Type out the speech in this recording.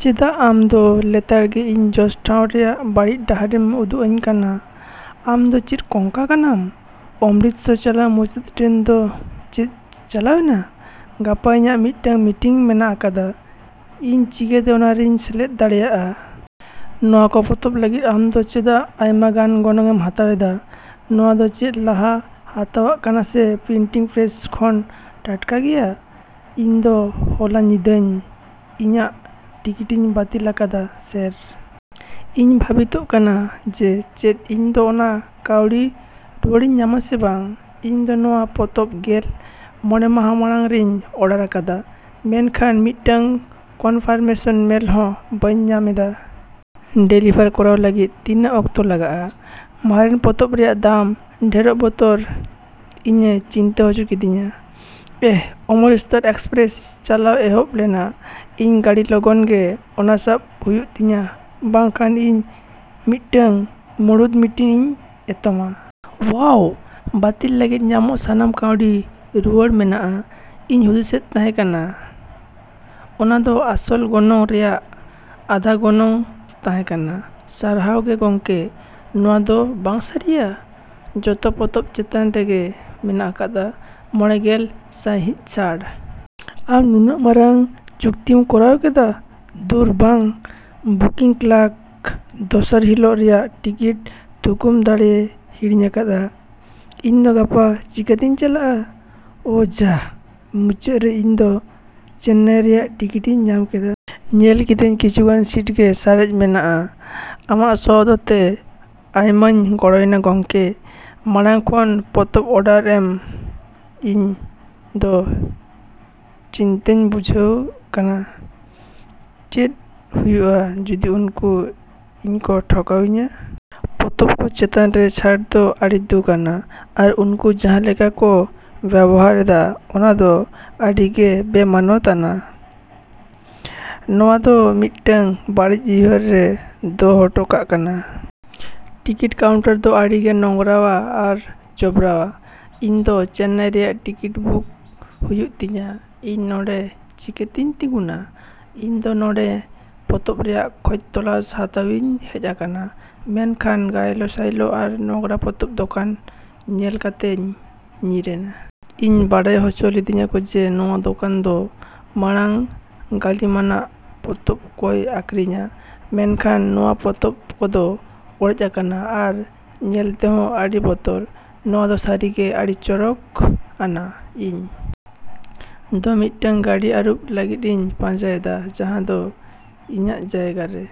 ᱪᱮᱫᱟᱜ ᱟᱢ ᱫᱚ ᱞᱮᱛᱟᱲ ᱜᱮ ᱤᱧ ᱡᱚᱥ ᱴᱷᱟᱶ ᱨᱮᱭᱟᱜ ᱵᱟᱹᱲᱤᱡ ᱰᱟᱦᱟᱨᱮᱢ ᱩᱫᱩᱜ ᱟᱹᱧ ᱠᱟᱱᱟ? ᱟᱢ ᱫᱚ ᱪᱮᱫ ᱠᱚᱝᱠᱟ ᱟᱠᱟᱱᱟᱢ? ᱚᱢᱨᱤᱛᱥᱚᱨ ᱪᱟᱞᱟᱜ ᱢᱩᱪᱟᱹᱫ ᱴᱨᱮᱱ ᱪᱮᱫ ᱪᱟᱞᱟᱣ ᱮᱱᱟ? ᱜᱟᱯᱟ ᱤᱧᱟᱜ ᱢᱤᱫᱴᱟᱝ ᱢᱤᱴᱤᱝ ᱢᱮᱱᱟᱜ ᱟᱠᱟᱫᱟ, ᱤᱧ ᱪᱤᱠᱟᱹᱛᱮ ᱚᱱᱟᱨᱮᱧ ᱥᱮᱞᱮᱫ ᱫᱟᱲᱮᱭᱟᱜ? ᱱᱚᱶᱟ ᱠᱚ ᱯᱚᱛᱚᱵ ᱞᱟᱹᱜᱤᱫ ᱟᱢ ᱫᱚ ᱪᱮᱫᱟᱜ ᱟᱭᱢᱟᱜᱟᱱ ᱜᱚᱱᱚᱝ ᱮᱢ ᱦᱟᱛᱟᱣ ᱮᱫᱟ? ᱱᱚᱶᱟ ᱫᱚ ᱪᱮᱫ ᱞᱟᱦᱟ ᱦᱟᱛᱟᱣᱟᱜ ᱠᱟᱱᱟ ᱥᱮ ᱯᱨᱤᱱᱴᱤᱝ ᱯᱨᱮᱥ ᱠᱷᱚᱱ ᱴᱟᱴᱠᱟ ᱜᱮᱭᱟ? ᱤᱧ ᱫᱚ ᱦᱚᱞᱟ ᱧᱤᱫᱟᱹ ᱤᱧᱟᱜ ᱴᱤᱠᱤᱴᱤᱧ ᱵᱟᱹᱛᱤᱞ ᱟᱠᱟᱫᱟ ᱥᱮᱹᱨ ᱾ ᱤᱧ ᱵᱷᱟᱹᱵᱤᱛᱚᱜ ᱠᱟᱱᱟ ᱡᱮ ᱪᱮᱫ ᱤᱧ ᱫᱚ ᱚᱱᱟ ᱠᱟᱹᱣᱰᱤ ᱨᱩᱣᱟᱹᱲᱤᱧ ᱧᱟᱢᱟ ᱥᱮ ᱵᱟᱝ ᱾ ᱤᱧ ᱫᱚ ᱱᱚᱶᱟ ᱯᱚᱛᱚᱵ ᱜᱮᱞ ᱢᱚᱬᱮ ᱢᱟᱦᱟ ᱢᱟᱲᱟᱝ ᱨᱮᱧ ᱚᱰᱟᱨ ᱟᱠᱟᱫᱟ, ᱢᱮᱱᱠᱷᱟᱱ ᱢᱤᱫᱴᱟᱝ ᱠᱚᱱᱯᱷᱟᱨᱢᱮᱥᱚᱱ ᱢᱮᱞ ᱦᱚᱸ ᱵᱟᱹᱧ ᱧᱟᱢ ᱮᱫᱟ ᱾ ᱰᱮᱞᱤᱵᱷᱟᱨ ᱠᱚᱨᱟᱣ ᱞᱟᱹᱜᱤᱫ ᱛᱤᱱᱟᱹᱜ ᱚᱠᱛᱚ ᱞᱟᱜᱟᱜᱼᱟ? ᱢᱟᱨᱮᱱ ᱯᱚᱛᱚᱵ ᱨᱮᱭᱟᱜ ᱫᱟᱢ ᱰᱷᱮᱨᱚᱜ ᱵᱚᱛᱚᱨ ᱤᱧᱮ ᱪᱤᱱᱛᱟᱹ ᱚᱪᱚ ᱠᱮᱫᱮᱧᱟ ᱾ ᱮᱦ! ᱚᱢᱨᱤᱥᱛᱟᱨ ᱮᱠᱥᱯᱨᱮᱥ ᱪᱟᱞᱟᱣ ᱮᱦᱚᱵ ᱞᱮᱱᱟ ᱾ ᱤᱧ ᱟᱹᱰᱤ ᱞᱚᱜᱚᱱ ᱜᱮ ᱚᱱᱟ ᱥᱟᱵ ᱦᱩᱭᱩᱜ ᱛᱤᱧᱟᱹ ᱵᱟᱝ ᱠᱷᱟᱱ ᱤᱧ ᱢᱤᱫᱴᱟᱝ ᱢᱩᱬᱩᱫ ᱢᱤᱴᱤᱝ ᱤᱧ ᱮᱛᱚᱢᱟ ᱾ ᱳᱣᱟᱣ! ᱵᱟᱹᱛᱤᱞ ᱞᱟᱹᱜᱤᱫ ᱧᱟᱢᱚᱜ ᱥᱟᱱᱟᱢ ᱠᱟᱹᱣᱰᱤ ᱨᱩᱣᱟᱹᱲ ᱢᱮᱱᱟᱜᱼᱟ, ᱤᱧ ᱦᱩᱫᱤᱥᱮᱫ ᱛᱟᱦᱮ ᱠᱟᱱᱟ ᱚᱱᱟ ᱫᱚ ᱟᱥᱚᱞ ᱜᱚᱱᱚᱝ ᱨᱮᱭᱟᱜ ᱟᱫᱷᱟ ᱜᱚᱱᱚᱝ ᱛᱟᱦᱮᱸ ᱠᱟᱱᱟ, ᱥᱟᱨᱦᱟᱣ ᱜᱮ ᱜᱚᱢᱠᱮ ᱾ ᱱᱚᱣᱟ ᱫᱚ ᱵᱟᱝ ᱥᱟᱹᱨᱤᱭᱟ! ᱡᱚᱛᱚ ᱯᱚᱛᱚᱵ ᱪᱮᱛᱟᱱ ᱨᱮᱜᱮ ᱢᱮᱱᱟᱜ ᱟᱠᱟᱫᱟ ᱢᱚᱸᱬᱮ ᱜᱮᱞ ᱥᱟᱭᱦᱤᱸᱥ ᱪᱷᱟᱹᱲ ᱾ ᱟᱢ ᱱᱩᱱᱟᱹᱜ ᱢᱟᱨᱟᱝ ᱪᱩᱠᱛᱤᱢ ᱠᱚᱨᱟᱣᱮᱫᱟ ᱾ ᱫᱷᱩᱨ ᱵᱟᱝ! ᱵᱩᱠᱤᱝ ᱠᱞᱟᱨᱠ ᱫᱚ ᱫᱚᱥᱟᱨ ᱦᱤᱞᱳᱜ ᱨᱮᱭᱟᱜ ᱴᱤᱠᱤᱴ ᱛᱷᱩᱠᱩᱢ ᱫᱚᱦᱚᱭᱮ ᱦᱤᱲᱤᱧ ᱟᱠᱟᱫᱟ ᱾ ᱤᱧ ᱫᱚ ᱜᱟᱯᱟ ᱪᱤᱠᱟᱹᱛᱤᱧ ᱪᱟᱞᱟᱜᱼᱟ? ᱚ ᱭᱟ! ᱢᱩᱪᱟᱹᱫ ᱨᱮ ᱤᱧ ᱫᱚ ᱪᱮᱱᱱᱟᱭ ᱨᱮᱭᱟᱜ ᱴᱤᱠᱤᱴᱤᱧ ᱧᱟᱢ ᱠᱮᱫᱟ ᱾ ᱧᱮᱞ ᱠᱤᱫᱟᱹᱧ ᱠᱤᱪᱷᱩᱜᱟᱱ ᱥᱤᱴ ᱜᱮ ᱥᱟᱨᱮᱡ ᱢᱮᱱᱟᱜᱼᱟ ᱾ ᱟᱢᱟᱜ ᱥᱚᱦᱚᱫᱛᱮ ᱟᱭᱢᱟᱧ ᱜᱚᱲᱚᱭᱮᱱᱟ ᱜᱚᱢᱠᱮ ᱾ ᱢᱟᱲᱟᱝ ᱠᱷᱚᱱ ᱯᱚᱛᱚᱵ ᱚᱰᱟᱨ ᱮᱢ ᱤᱧ ᱫᱚ ᱪᱤᱱᱛᱟᱹᱧ ᱵᱩᱡᱷᱟᱹᱣ ᱮᱫ ᱠᱟᱱᱟ, ᱪᱮᱫ ᱦᱩᱭᱩᱜᱼᱟ ᱡᱩᱫᱤ ᱩᱱᱠᱩ ᱤᱧ ᱠᱚ ᱴᱷᱚᱠᱟᱣ ᱤᱧᱟ? ᱯᱚᱛᱚᱵ ᱠᱚ ᱪᱮᱛᱟᱱ ᱨᱮ ᱪᱷᱟᱹᱲ ᱫᱚ ᱟᱹᱰᱤ ᱫᱩᱠ ᱟᱱᱟᱜ ᱟᱨ ᱩᱱᱠᱩ ᱡᱟᱦᱟᱸ ᱞᱮᱠᱟ ᱠᱚ ᱵᱮᱣᱦᱟᱨ ᱮᱫᱟ ᱚᱱᱟ ᱫᱚ ᱟᱹᱰᱤ ᱜᱮ ᱵᱮᱼᱢᱟᱱᱚᱛ ᱟᱱᱟᱜ ᱾ ᱱᱚᱶᱟ ᱫᱚ ᱢᱤᱫᱴᱟᱝ ᱵᱟᱹᱲᱤᱡ ᱩᱭᱦᱟᱹᱨᱮ ᱫᱚᱦᱚ ᱦᱚᱴᱚ ᱠᱟᱜ ᱠᱟᱱᱟ ᱾ ᱴᱤᱠᱤᱴ ᱠᱟᱣᱩᱱᱴᱟᱨ ᱫᱚ ᱟᱹᱰᱤᱜᱮ ᱱᱳᱝᱨᱟᱣᱟ ᱟᱨ ᱡᱚᱵᱽᱨᱟᱣᱟ ᱾ ᱤᱧ ᱫᱚ ᱪᱮᱱᱱᱟᱭ ᱨᱮᱭᱟᱜ ᱴᱤᱠᱤᱴ ᱵᱩᱠ ᱦᱩᱭᱩᱜ ᱛᱤᱧᱟ, ᱤᱧ ᱚᱰᱮᱸ ᱪᱤᱠᱟᱹᱛᱤᱧ ᱛᱤᱸᱜᱩᱱᱟ? ᱤᱧ ᱫᱚ ᱱᱚᱰᱮᱸ ᱯᱚᱛᱚᱵ ᱨᱮᱭᱟᱜ ᱠᱷᱚᱡ ᱛᱚᱞᱟᱥ ᱦᱟᱛᱟᱣᱤᱧ ᱦᱮᱡ ᱟᱠᱟᱱᱟ ᱢᱮᱱᱠᱷᱟᱱ ᱜᱟᱭᱞᱳ ᱥᱟᱭᱞᱳ ᱟᱨ ᱱᱳᱝᱨᱟ ᱯᱚᱛᱚᱵ ᱫᱚᱠᱟᱱ ᱧᱮᱞ ᱠᱟᱛᱮᱧ ᱧᱤᱨ ᱮᱱᱟ ᱾ ᱤᱧ ᱵᱟᱲᱟᱭ ᱦᱚᱪᱚ ᱞᱤᱫᱤᱧᱟᱠᱚ ᱡᱮ ᱱᱚᱣᱟ ᱫᱚᱠᱟᱱ ᱫᱚ ᱢᱟᱲᱟᱝ ᱜᱟᱹᱞᱤᱢᱟᱱᱟᱜ ᱯᱚᱛᱚᱵ ᱠᱚᱭ ᱟᱹᱠᱷᱨᱤᱧᱼᱟ, ᱢᱮᱱᱠᱷᱟᱱ ᱱᱚᱣᱟ ᱯᱚᱛᱚᱵ ᱠᱚᱫᱚ ᱚᱲᱮᱡ ᱟᱠᱟᱱᱟ ᱟᱨ ᱧᱮᱞ ᱛᱮᱦᱚ ᱟᱹᱰᱤ ᱵᱚᱛᱚᱨ ᱾ ᱱᱚᱶᱟ ᱫᱚ ᱥᱟᱹᱨᱤᱜᱮ ᱟᱹᱰᱤ ᱪᱚᱨᱚᱠ ᱟᱱᱟᱜ ᱾ ᱤᱧ ᱫᱚ ᱢᱤᱫᱴᱟᱝ ᱜᱟᱹᱰᱤ ᱟᱹᱨᱩᱵ ᱞᱟᱹᱜᱤᱫ ᱤᱧ ᱯᱟᱸᱡᱟᱭᱮᱫᱟ ᱡᱟᱦᱟ ᱫᱚ ᱤᱧᱟᱜ ᱡᱟᱭᱜᱟ ᱨᱮᱼᱼ